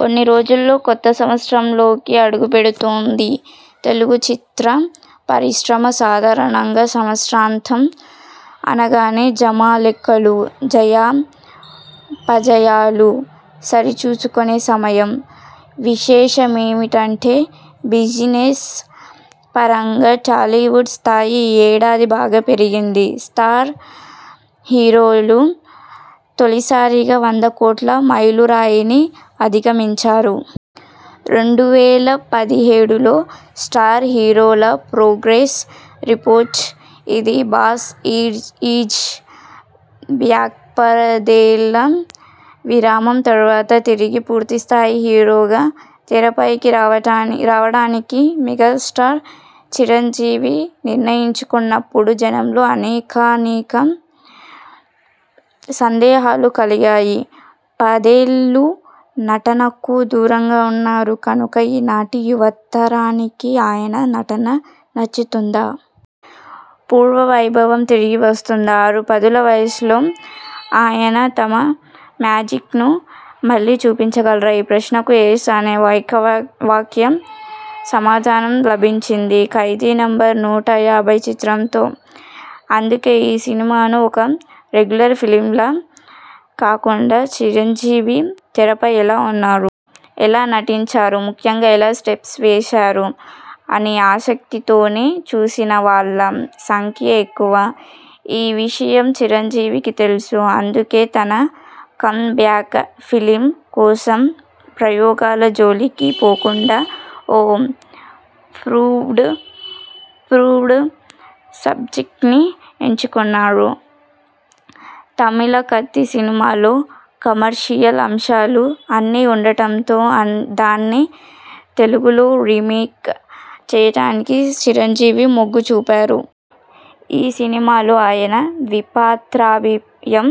కొన్ని రోజుల్లో కొత్త సంవత్సరంలోకి అడుగుపెడుతోంది తెలుగు చిత్ర పరిశ్రమ. సాధారణంగా సంవత్సరాంతం అనగానే జమా లెక్కలు, జయా పజయాలు సరిచూసుకొనే సమయం. విశేషమేమిటంటే బిజినెస్ పరంగా టాలీవుడ్ స్థాయి ఈ ఏడాది బాగా పెరిగింది. 'స్టార్' హీరోలు తొలిసారిగా వంద కోట్ల మైలురాయిని అధిగమించారు. రెండు వేల పదిహేడులో 'స్టార్' హీరోల ప్రోగ్రెస్ రిపోర్ట్ ఇది బాస్ ఈజ్ బ్యాక్పదేళ్ల విరామం తర్వాత తిరిగి పూర్తి స్థాయి హీరోగా తెరపైకి రావడానికి మెగాస్టార్ చిరంజీవి నిర్ణయించుకొన్నప్పుడు జనంలో అనేకానేక సందేహాలు కలిగాయి. పదేళ్లు నటనకు దూరంగా ఉన్నారు కనుక ఈనాటి యువతరానికి ఆయన నటన నచ్చుతుందా? పూర్వ వైభవం తిరిగి వస్తుందా? ఆరు పదుల వయసులో ఆయన తన మ్యాజిక్ను మళ్లీ చూపించగలరా? ఈ ప్రశ్నలకు 'ఎస్' అనే ఏకవాక్య సమాధానం లభించింది 'ఖైదీ నంబర్ నూట యాభై' చిత్రంతో. అందుకే ఈ సినిమాను ఓక రెగ్యులర్ ఫిల్మ్లా కాకుండా చిరంజీవి తెరపై ఎలా ఉన్నారు? ఎలా నటించారు? ముఖ్యంగా ఎలా స్టెప్స్ వేశారు? అనే ఆసక్తితోనే చూసిన వాళ్ల సంఖ్యే ఎక్కువ. ఈ విషయం చిరంజీవికీ తెలుసు. అందుకే తన 'కమ్ బ్యాక్' ఫిల్మ్ కోసం ప్రయోగాల జోలికి పోకుండా ఓప్రూవ్డ్ ప్రూవ్డ్ సబ్జెక్ట్ని ఎంచుకొన్నారు. తమిళ 'కత్తి' సినిమాలో కమర్షియల్ అంశాలు అన్నీ ఉండటంతో దాన్నే తెలుగులో రీమేక్ చేయడానికి చిరంజీవి మొగ్గు చూపారు. ఈ సినిమాలో ఆయన ద్విపాత్రాభియం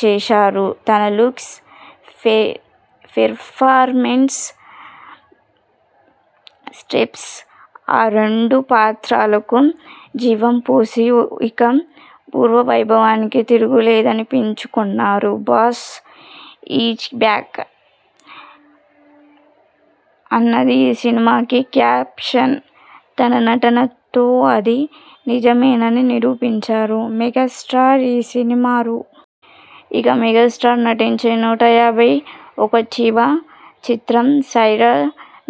చేశారు. తన లుక్స్, పెర్ఫార్మెన్స్, స్టెప్స్తో ఆ రెండు పాత్రలకూ జీవం పోసి ఇక పూర్వ వైభవానికి తిరుగులేదనిపించుకొన్నారు. 'బాస్ ఈజ్ బ్యాక్' అన్నది ఈ సినిమాకి క్యాప్షన్. తన నటనతో అది నిజమేనని నిరూపించారు మెగాస్టార్. ఈ సినిమా రూ. ఇక మెగాస్టార్ నటించే నూట యాభై ఒకటివ చిత్రం 'సైరా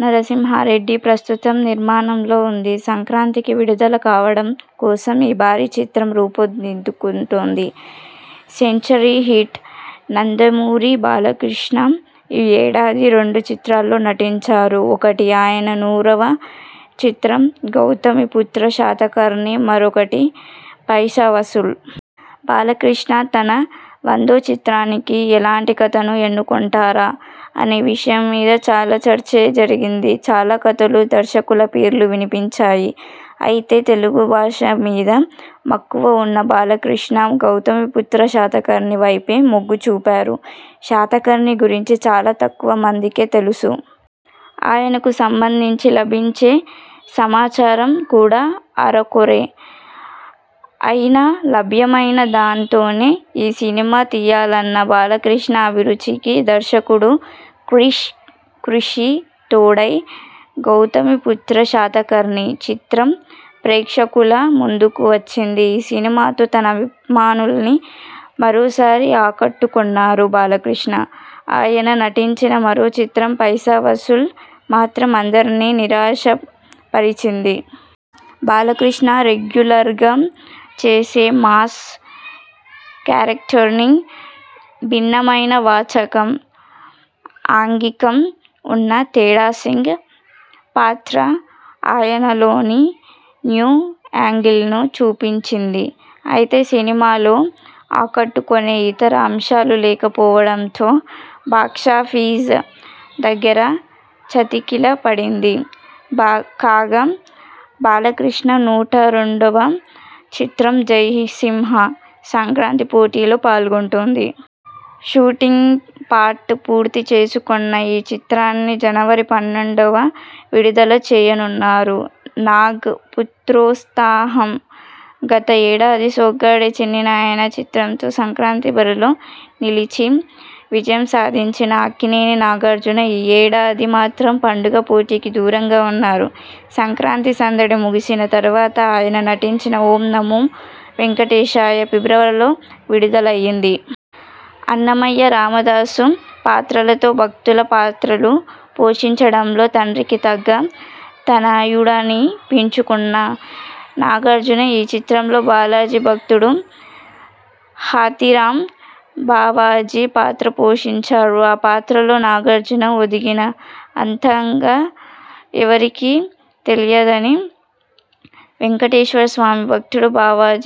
నరసింహారెడ్డి' ప్రస్తుతం నిర్మాణంలో ఉంది. సంక్రాంతికి విడుదల కావడం కోసం ఈ భారీ చిత్రం రూపుదిద్దుకుంటోంది. సెంచరీ 'హిట్'నందమూరి బాలకృష్ణ ఈ ఏడాది రెండు చిత్రాల్లో నటించారు. ఒకటి ఆయన నూరవ చిత్రం 'గౌతమిపుత్ర శాతకర్ణి', మరొకటి 'పైసా వసూల్'. బాలకృష్ణ తన వందో చిత్రానికి ఎలాంటి కథను ఎన్నుకొంటారా అనే విషయం మీద చాలా చర్చే జరిగింది. చాలా కథలు, దర్శకుల పేర్లు వినిపించాయి. అయితే తెలుగు భాష మీద మక్కువ ఉన్న బాలకృష్ణ 'గౌతమిపుత్ర శాతకర్ణి' వైపే మొగ్గు చూపారు. శాతకర్ణి గురించి చాలా తక్కువ మందికే తెలుసు. ఆయనకు సంబంధించి లభించే సమాచారం కూడా అరకొరే. అయినా లభ్యమైన దాంతోనే ఈ సినిమా తీయాలన్న బాలకృష్ణ అభిరుచికి దర్శకుడు క్రిష్ కృషి తోడై 'గౌతమిపుత్ర శాతకర్ణి' చిత్రం ప్రేక్షకుల ముందుకు వచ్చింది. ఈ సినిమాతో తన అభిమానుల్ని మరోసారి ఆకట్టుకొన్నారు బాలకృష్ణ. ఆయన నటించిన మరో చిత్రం 'పైసా వసూల్' మాత్రం అందర్నీ నిరాశపరిచింది. బాలకృష్ణ రెగ్యులర్గా చేసే మాస్ కేరెక్టర్స్కి భిన్నమైన వాచకం, ఆంగికం ఉన్న 'తేడాసింగ్' పాత్ర ఆయనలోని న్యూ యాంగిల్ను చూపించింది. అయితే సినిమాలో ఆకట్టుకొనే ఇతర అంశాలు లేక పోవడంతో బాక్సాఫీసు దగ్గర చతికిల పడింది. కాగా బాలకృష్ణ నూట రెండువ చిత్రం 'జై సింహా' సంక్రాంతి పోటీలో పాల్గొంటోంది. షూటింగ్ పార్ట్ పూర్తి చేసుకొన్న ఈ చిత్రాన్ని జనవరి పన్నెండువ విడుదల చేయనున్నారు. నాగ్ పుత్రోత్సాహం గత ఏడాది 'సోగ్గాడే చిన్ని నాయనా' చిత్రంతో సంక్రాంతి బరిలో నిలిచి విజయం సాధించిన అక్కినేని నాగార్జున ఈ ఏడాది మాత్రం పండుగ పోటీకి దూరంగా ఉన్నారు. సంక్రాంతి సందడి ముగిసిన తర్వాత ఆయన నటించిన 'ఓం నమో వేంకటేశాయ' ఫిబ్రవరిలో విడుదలైంది. 'అన్నమయ్య', 'రామదాసు' పాత్రలతో భక్తుల పాత్రలు పోషించడంలో తండ్రికి తగ్గ తనయుడనిపించుకొన్న నాగార్జున ఈ చిత్రంలో బాలాజీ భక్తుడు హాథీరామ్ బావాజీ పాత్ర పోషించారు. ఆ పాత్రలో నాగార్జున ఒదిగినా, అంతగా ఎవరికీ తెలియదని వెంకటేశ్వర స్వామి భక్తుడు బావాజీ